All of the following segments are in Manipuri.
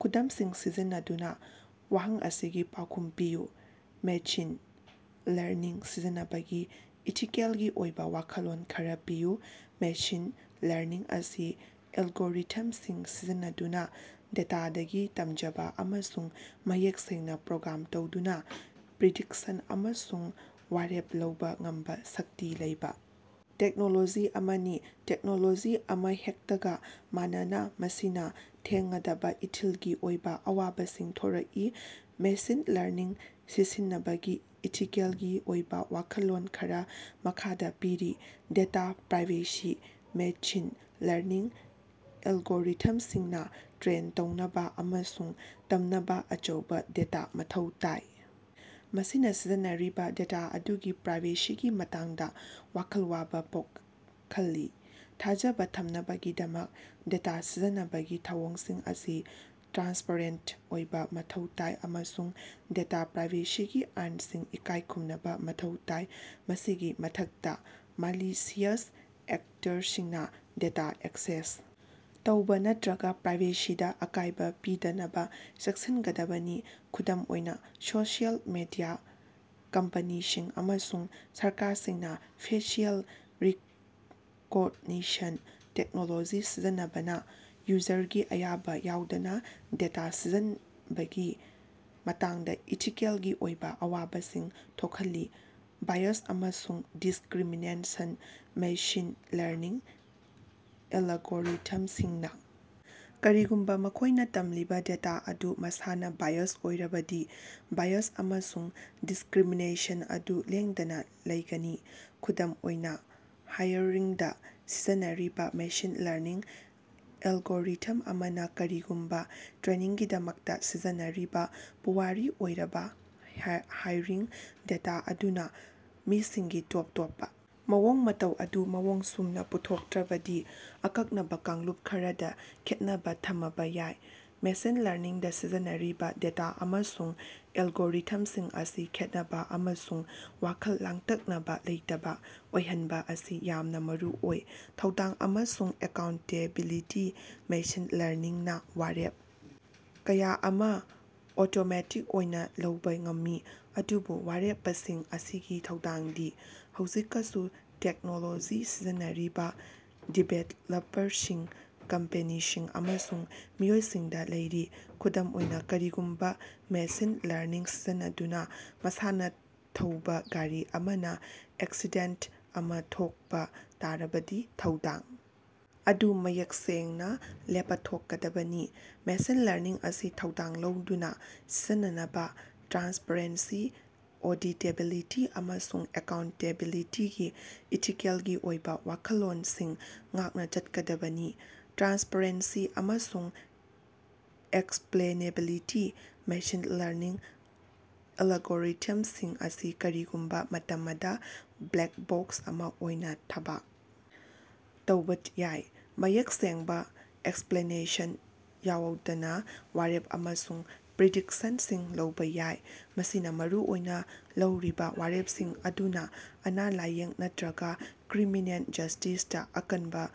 ꯈꯨꯗꯝꯁꯤꯡ ꯁꯤꯖꯤꯟꯅꯗꯨꯅꯥ ꯋꯥꯍꯪ ꯑꯁꯤꯒꯤ ꯄꯥꯎꯈꯨꯝ ꯄꯤꯌꯨ꯫ ꯃꯦꯁꯤꯟ ꯂꯔꯅꯤꯡ ꯁꯤꯖꯤꯟꯅꯕꯒꯤ ꯏꯊꯤꯀꯦꯜꯒꯤ ꯑꯣꯏꯕꯥ ꯋꯥꯈꯜꯂꯣꯟ ꯈꯔꯥ ꯄꯤꯌꯨ꯫ ꯃꯦꯁꯤꯟ ꯂꯔꯅꯤꯡ ꯑꯁꯤ ꯑꯦꯜꯒꯣꯔꯤꯊꯝꯁꯤꯡ ꯁꯤꯖꯤꯟꯅꯗꯨꯅꯥ ꯗꯦꯇꯥꯗꯒꯤ ꯇꯝꯖꯕꯥ ꯑꯃꯁꯨꯡ ꯃꯌꯦꯛ ꯁꯦꯡꯅꯥ ꯄ꯭ꯔꯣꯒ꯭ꯔꯥꯝ ꯇꯧꯗꯅꯥ ꯄ꯭ꯔꯤꯗꯤꯛꯁꯟ ꯑꯃꯁꯨꯡ ꯋꯥꯔꯦꯞ ꯂꯧꯕꯥ ꯉꯝꯕꯥ ꯁꯛꯇꯤ ꯂꯩꯕꯥ ꯇꯦꯛꯅꯣꯂꯣꯖꯤ ꯑꯃꯅꯤ꯫ ꯇꯦꯛꯅꯣꯂꯣꯖꯤ ꯑꯃꯍꯦꯛꯇꯒꯥ ꯃꯥꯟꯅꯅꯥ, ꯃꯁꯤꯅꯥ ꯊꯦꯡꯉꯗꯕꯥ ꯏꯊꯤꯜꯒꯤ ꯑꯣꯏꯕꯥ ꯑꯋꯥꯕꯁꯤꯡ ꯊꯣꯔꯛꯏ꯫ ꯃꯦꯁꯤꯟ ꯂꯔꯅꯤꯡ ꯁꯤꯁꯤꯟꯅꯕꯒꯤ ꯏꯊꯤꯀꯦꯜꯒꯤ ꯑꯣꯏꯕꯥ ꯋꯥꯈꯜꯂꯣꯟ ꯈꯔꯥ ꯃꯈꯥꯗꯥ ꯄꯤꯔꯤ: ꯗꯦꯇꯥ ꯄ꯭ꯔꯥꯏꯚꯦꯁꯤ: ꯃꯦꯁꯤꯟ ꯂꯔꯅꯤꯡ ꯑꯦꯜꯒꯣꯔꯤꯊꯝꯁꯤꯡꯅꯥ ꯇ꯭ꯔꯦꯟ ꯇꯧꯅꯕꯥ ꯑꯃꯁꯨꯡ ꯇꯝꯅꯕꯥ ꯑꯆꯧꯕꯥ ꯗꯦꯇꯥ ꯃꯊꯧ ꯇꯥꯏ, ꯃꯁꯤꯅꯥ ꯁꯤꯁꯤꯟꯅꯔꯤꯕꯥ ꯗꯦꯇꯥ ꯑꯗꯨꯒꯤ ꯄ꯭ꯔꯥꯏꯚꯦꯁꯤꯒꯤ ꯃꯇꯥꯡꯗꯥ ꯋꯥꯈꯜ ꯋꯥꯕꯥ ꯄꯣꯈꯜꯂꯤ꯫ ꯊꯥꯖꯕꯥ ꯊꯝꯅꯕꯒꯤꯗꯃꯛ ꯗꯦꯇꯥ ꯁꯤꯖꯤꯟꯅꯕꯒꯤ ꯊꯧꯑꯣꯡꯁꯤꯡ ꯑꯁꯤ ꯇ꯭ꯔꯥꯟꯁꯄꯔꯦꯟꯇ ꯑꯣꯏꯕꯥ ꯃꯊꯧ ꯇꯥꯏ, ꯑꯃꯁꯨꯡ ꯗꯦꯇꯥ ꯄ꯭ꯔꯥꯏꯚꯦꯁꯤꯒꯤ ꯑꯥꯏꯟꯁꯤꯡ ꯏꯀꯥꯏ ꯈꯨꯝꯅꯕꯥ ꯃꯊꯧ ꯇꯥꯏ꯫ ꯃꯁꯤꯒꯤ ꯃꯊꯛꯇꯥ, ꯃꯥꯂꯤꯁꯤꯌꯁ ꯑꯦꯛꯇꯔꯁꯤꯡꯅꯥ ꯗꯦꯇꯥ ꯑꯦꯛꯁꯦꯁ ꯇꯧꯕꯥ ꯅꯠꯇ꯭ꯔꯒꯥ ꯄ꯭ꯔꯥꯏꯚꯦꯁꯤꯗꯥ ꯑꯀꯥꯏꯕꯥ ꯄꯤꯗꯅꯕꯥ ꯆꯦꯛꯁꯤꯒꯗꯕꯅꯤ꯫ ꯈꯨꯗꯝ ꯑꯣꯏꯅꯥ, ꯁꯣꯁꯤꯑꯦꯜ ꯃꯤꯗꯤꯌꯥ ꯀꯝꯄꯅꯤꯁꯤꯡ ꯑꯃꯁꯨꯡ ꯁꯔꯀꯥꯔꯁꯤꯡꯅꯥ ꯐꯦꯁꯤꯑꯦꯜ ꯔꯤꯀꯣꯒꯅꯤꯁꯟ ꯇꯦꯛꯅꯣꯂꯣꯖꯤ ꯁꯤꯖꯤꯟꯅꯕꯅꯥ ꯌꯨꯖꯔꯒꯤ ꯑꯌꯥꯕꯥ ꯌꯥꯎꯗꯅꯥ ꯗꯦꯇꯥ ꯁꯤꯖꯤꯟꯕꯒꯤ ꯃꯇꯥꯡꯗꯥ ꯏꯊꯤꯀꯦꯜꯒꯤ ꯑꯣꯏꯕꯥ ꯑꯋꯥꯕꯁꯤꯡ ꯊꯣꯈꯜꯂꯤ꯫ ꯕꯥꯏꯌꯁ ꯑꯃꯁꯨꯡ ꯗꯤꯁꯀ꯭ꯔꯤꯃꯤꯅꯦꯁꯟ: ꯃꯦꯁꯤꯟ ꯂꯔꯅꯤꯡ ꯑꯦꯂꯒꯣꯔꯤꯊꯝꯁꯤꯡꯅꯥ ꯀꯔꯤꯒꯨꯝꯕꯥ ꯃꯈꯣꯏꯅꯥ ꯇꯝꯂꯤꯕꯥ ꯗꯦꯇꯥ ꯑꯗꯨ ꯃꯁꯥꯅꯥ ꯕꯥꯏꯌꯖ ꯑꯣꯏꯔꯕꯗꯤ ꯕꯥꯏꯌꯁ ꯑꯃꯁꯨꯡ ꯗꯤꯁꯀ꯭ꯔꯤꯃꯤꯅꯦꯁꯟ ꯑꯗꯨ ꯂꯦꯡꯗꯅꯥ ꯂꯩꯒꯅꯤ꯫ ꯈꯨꯗꯝ ꯑꯣꯏꯅꯥ, ꯍꯥꯏꯌ꯭ꯔꯤꯡꯗꯥ ꯁꯤꯖꯤꯟꯅꯔꯤꯕꯥ ꯃꯦꯁꯤꯟ ꯂꯔꯅꯤꯡ ꯑꯦꯜꯒꯣꯔꯤꯊꯝ ꯑꯃꯅꯥ ꯀꯔꯤꯒꯨꯝꯕꯥ ꯇ꯭ꯔꯦꯅꯤꯡꯒꯤꯗꯃꯛꯇꯥ ꯁꯤꯖꯤꯟꯅꯔꯤꯕꯥ ꯄꯨꯋꯥꯔꯤ ꯑꯣꯏꯔꯕꯥ ꯍꯥꯏꯔꯤꯡ ꯗꯦꯇꯥ ꯑꯗꯨꯅꯥ ꯃꯤꯁꯤꯡꯒꯤ ꯇꯣꯞ ꯇꯣꯞꯄꯥ ꯃꯑꯣꯡ-ꯃꯇꯧ ꯑꯗꯨ ꯃꯑꯣꯡ ꯆꯨꯝꯅꯥ ꯄꯨꯊꯣꯛꯇ꯭ꯔꯕꯗꯤ ꯑꯀꯛꯅꯕꯥ ꯀꯥꯡꯂꯨꯞ ꯈꯔꯗꯥ ꯈꯦꯠꯅꯕꯥ ꯊꯃꯕꯥ ꯌꯥꯏ꯫ ꯃꯦꯁꯤꯟ ꯂꯔꯅꯤꯡꯗꯥ ꯁꯤꯖꯤꯟꯅꯔꯤꯕꯥ ꯗꯦꯇꯥ ꯑꯃꯁꯨꯡ ꯑꯦꯜꯒꯣꯔꯤꯊꯝꯁꯤꯡ ꯑꯁꯤ ꯈꯦꯠꯅꯕꯥ ꯑꯃꯁꯨꯡ ꯋꯥꯈꯜ ꯂꯥꯡꯇꯛꯅꯕꯥ ꯂꯩꯇꯕꯥ ꯑꯣꯏꯍꯟꯕꯥ ꯑꯁꯤ ꯌꯥꯝꯅꯥ ꯃꯔꯨꯑꯣꯏ꯫ ꯊꯧꯗꯥꯡ ꯑꯃꯁꯨꯡ ꯑꯦꯀꯥꯎꯟꯇꯦꯕꯤꯂꯤꯇꯤ: ꯃꯦꯁꯤꯟ ꯂꯔꯅꯤꯡꯅꯥ ꯋꯥꯔꯦꯞ ꯀꯌꯥ ꯑꯃꯥ ꯑꯣꯇꯣꯃꯦꯇꯤꯛ ꯑꯣꯏꯅꯥ ꯂꯧꯕꯥ ꯉꯝꯃꯤ, ꯑꯗꯨꯕꯨ ꯋꯥꯔꯦꯄꯁꯤꯡ ꯑꯁꯤꯒꯤ ꯊꯧꯗꯥꯡꯗꯤ ꯍꯧꯖꯤꯀꯁꯨ ꯇꯦꯛꯅꯣꯂꯣꯖꯤ ꯁꯤꯖꯤꯟꯅꯔꯤꯕꯥ ꯗꯤꯕꯦꯂꯄꯔꯁꯤꯡ, ꯀꯝꯄꯦꯅꯤꯁꯤꯡ ꯑꯃꯁꯨꯡ ꯃꯤꯑꯣꯏꯁꯤꯡꯗꯥ ꯂꯩꯔꯤ꯫ ꯈꯨꯗꯝ ꯑꯣꯏꯅꯥ, ꯀꯔꯤꯒꯨꯝꯕꯥ ꯃꯦꯁꯤꯟ ꯂꯔꯅꯤꯡ ꯁꯤꯖꯤꯟꯅꯗꯨꯅꯥ ꯃꯁꯥꯅꯥ ꯊꯧꯕꯥ ꯒꯥꯔꯤ ꯑꯃꯅꯥ ꯑꯦꯛꯁꯤꯗꯦꯟꯇ ꯑꯃꯥ ꯊꯣꯛꯕꯥ ꯇꯥꯔꯕꯗꯤ, ꯊꯧꯗꯥꯡ ꯑꯗꯨ ꯃꯌꯦꯛ ꯁꯦꯡꯅꯥ ꯂꯦꯄꯊꯣꯛꯀꯗꯕꯅꯤ꯫ ꯃꯦꯁꯤꯟ ꯂꯔꯅꯤꯡ ꯑꯁꯤ ꯊꯧꯗꯥꯡ ꯂꯧꯗꯨꯅꯥ ꯁꯤꯖꯤꯟꯅꯅꯕꯥ ꯇ꯭ꯔꯥꯟꯁꯄ꯭ꯔꯦꯟꯁꯤ, ꯑꯣꯗꯤꯇꯦꯕꯤꯂꯤꯇꯤ, ꯑꯃꯁꯨꯡ ꯑꯦꯀꯥꯎꯟꯇꯦꯕꯤꯂꯤꯇꯤꯒꯤ ꯏꯊꯤꯀꯦꯜꯒꯤ ꯑꯣꯏꯕꯥ ꯋꯥꯈꯜꯂꯣꯅꯁꯤꯡ ꯉꯥꯛꯅꯥ ꯆꯠꯀꯗꯕꯅꯤ꯫ ꯇ꯭ꯔꯥꯟꯁꯄꯔꯦꯟꯁꯤ ꯑꯃꯁꯨꯡ ꯑꯦꯛꯁꯄ꯭ꯂꯦꯅꯦꯕꯤꯂꯤꯇꯤ: ꯃꯦꯁꯤꯟ ꯂꯔꯅꯤꯡ ꯑꯦꯂꯒꯣꯔꯤꯊꯃꯁꯤꯡ ꯑꯁꯤ ꯀꯔꯤꯒꯨꯝꯕꯥ ꯃꯇꯃꯗꯥ "ꯕ꯭ꯂꯦꯛ ꯕꯣꯛꯁ" ꯑꯃꯥ ꯑꯣꯏꯅꯥ ꯊꯕꯛ ꯇꯧꯕꯥ ꯌꯥꯏ, ꯃꯌꯦꯛ ꯁꯦꯡꯕꯥ ꯑꯦꯛꯁꯄ꯭ꯂꯦꯅꯦꯁꯟ ꯌꯥꯎꯗꯅꯥ ꯋꯥꯔꯦꯞ ꯑꯃꯁꯨꯡ ꯄ꯭ꯔꯤꯗꯤꯛꯁꯟꯁꯤꯡ ꯂꯧꯕꯥ ꯌꯥꯏ꯫ ꯃꯁꯤꯅꯥ ꯃꯔꯨꯑꯣꯏꯅꯥ ꯂꯧꯔꯤꯕꯥ ꯋꯥꯔꯦꯞꯁꯤꯡ ꯑꯗꯨꯅꯥ ꯑꯅ-ꯂꯥꯏꯌꯦꯡ ꯅꯠꯇ꯭ꯔꯒꯥ ꯀ꯭ꯔꯤꯃꯤꯅꯦꯜ ꯖꯁ꯭ꯇꯤꯁꯇꯥ ꯑꯀꯟꯕꯥ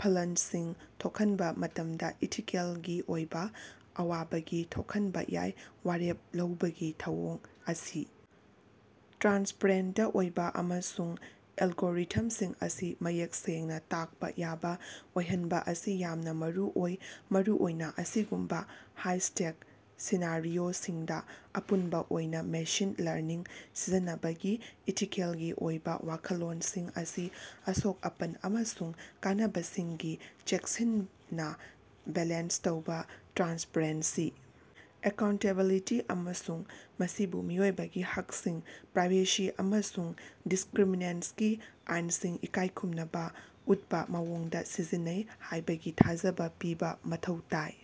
ꯐꯂꯜꯁꯤꯡ ꯊꯣꯛꯍꯟꯕꯥ ꯃꯇꯝꯗꯥ ꯏꯊꯤꯀꯦꯂꯒꯤ ꯑꯣꯏꯕꯥ ꯑꯋꯥꯕꯁꯤꯡ ꯊꯣꯛꯍꯟꯕꯥ ꯌꯥꯏ꯫ ꯋꯥꯔꯦꯞ ꯂꯧꯕꯒꯤ ꯊꯧꯑꯣꯡ ꯑꯁꯤ ꯇ꯭ꯔꯥꯟꯁꯄ꯭ꯔꯦꯟꯇ ꯑꯣꯏꯕꯥ ꯑꯃꯁꯨꯡ ꯑꯦꯂꯒꯣꯔꯤꯊꯝꯁꯤꯡ ꯑꯁꯤ ꯃꯌꯦꯛ ꯁꯦꯡꯅꯥ ꯇꯥꯛꯄꯥ ꯌꯥꯕꯥ ꯑꯣꯏꯍꯟꯕꯥ ꯑꯁꯤ ꯌꯥꯝꯅꯥ ꯃꯔꯨꯑꯣꯏ, ꯃꯔꯨꯑꯣꯏꯅꯥ ꯑꯁꯤꯒꯨꯝꯕꯥ ꯍꯥꯏ-ꯁ꯭ꯇꯦꯛ ꯁꯤꯅꯥꯔꯤꯑꯣꯁꯤꯡꯗꯥ꯫ ꯑꯄꯨꯟꯕꯥ ꯑꯣꯏꯅꯥ, ꯃꯦꯁꯤꯟ ꯂꯔꯅꯤꯡ ꯁꯤꯖꯤꯟꯅꯕꯒꯤ ꯏꯊꯤꯀꯦꯜꯒꯤ ꯑꯣꯏꯕꯥ ꯋꯥꯈꯜꯂꯣꯟꯁꯤꯡ ꯑꯁꯤ ꯑꯁꯣꯛ-ꯑꯄꯟ ꯑꯃꯁꯨꯡ ꯀꯥꯟꯅꯕꯁꯤꯡꯒꯤ ꯆꯦꯛꯁꯤꯟꯅꯥ ꯕꯦꯂꯦꯟꯁ ꯇꯧꯕꯥ, ꯇ꯭ꯔꯥꯟꯁꯄ꯭ꯔꯦꯟꯁꯤ, ꯑꯦꯀꯥꯎꯟꯇꯦꯕꯤꯂꯤꯇꯤ, ꯑꯃꯁꯨꯡ ꯃꯁꯤꯕꯨ ꯃꯤꯑꯣꯏꯕꯒꯤ ꯍꯛꯁꯤꯡ, ꯄ꯭ꯔꯥꯏꯚꯦꯁꯤ ꯑꯃꯁꯨꯡ ꯗꯤꯁꯀ꯭ꯔꯤꯃꯤꯅꯦꯁꯒꯤ ꯑꯥꯏꯟꯁꯤꯡ ꯏꯀꯥꯏꯈꯨꯝꯅꯕꯥ ꯑꯨꯠꯄꯥ ꯃꯑꯣꯡꯗꯥ ꯁꯤꯖꯤꯟꯅꯩ ꯍꯥꯏꯕꯒꯤ ꯊꯥꯖꯕꯥ ꯄꯤꯕꯥ ꯃꯊꯧ ꯇꯥꯏ꯫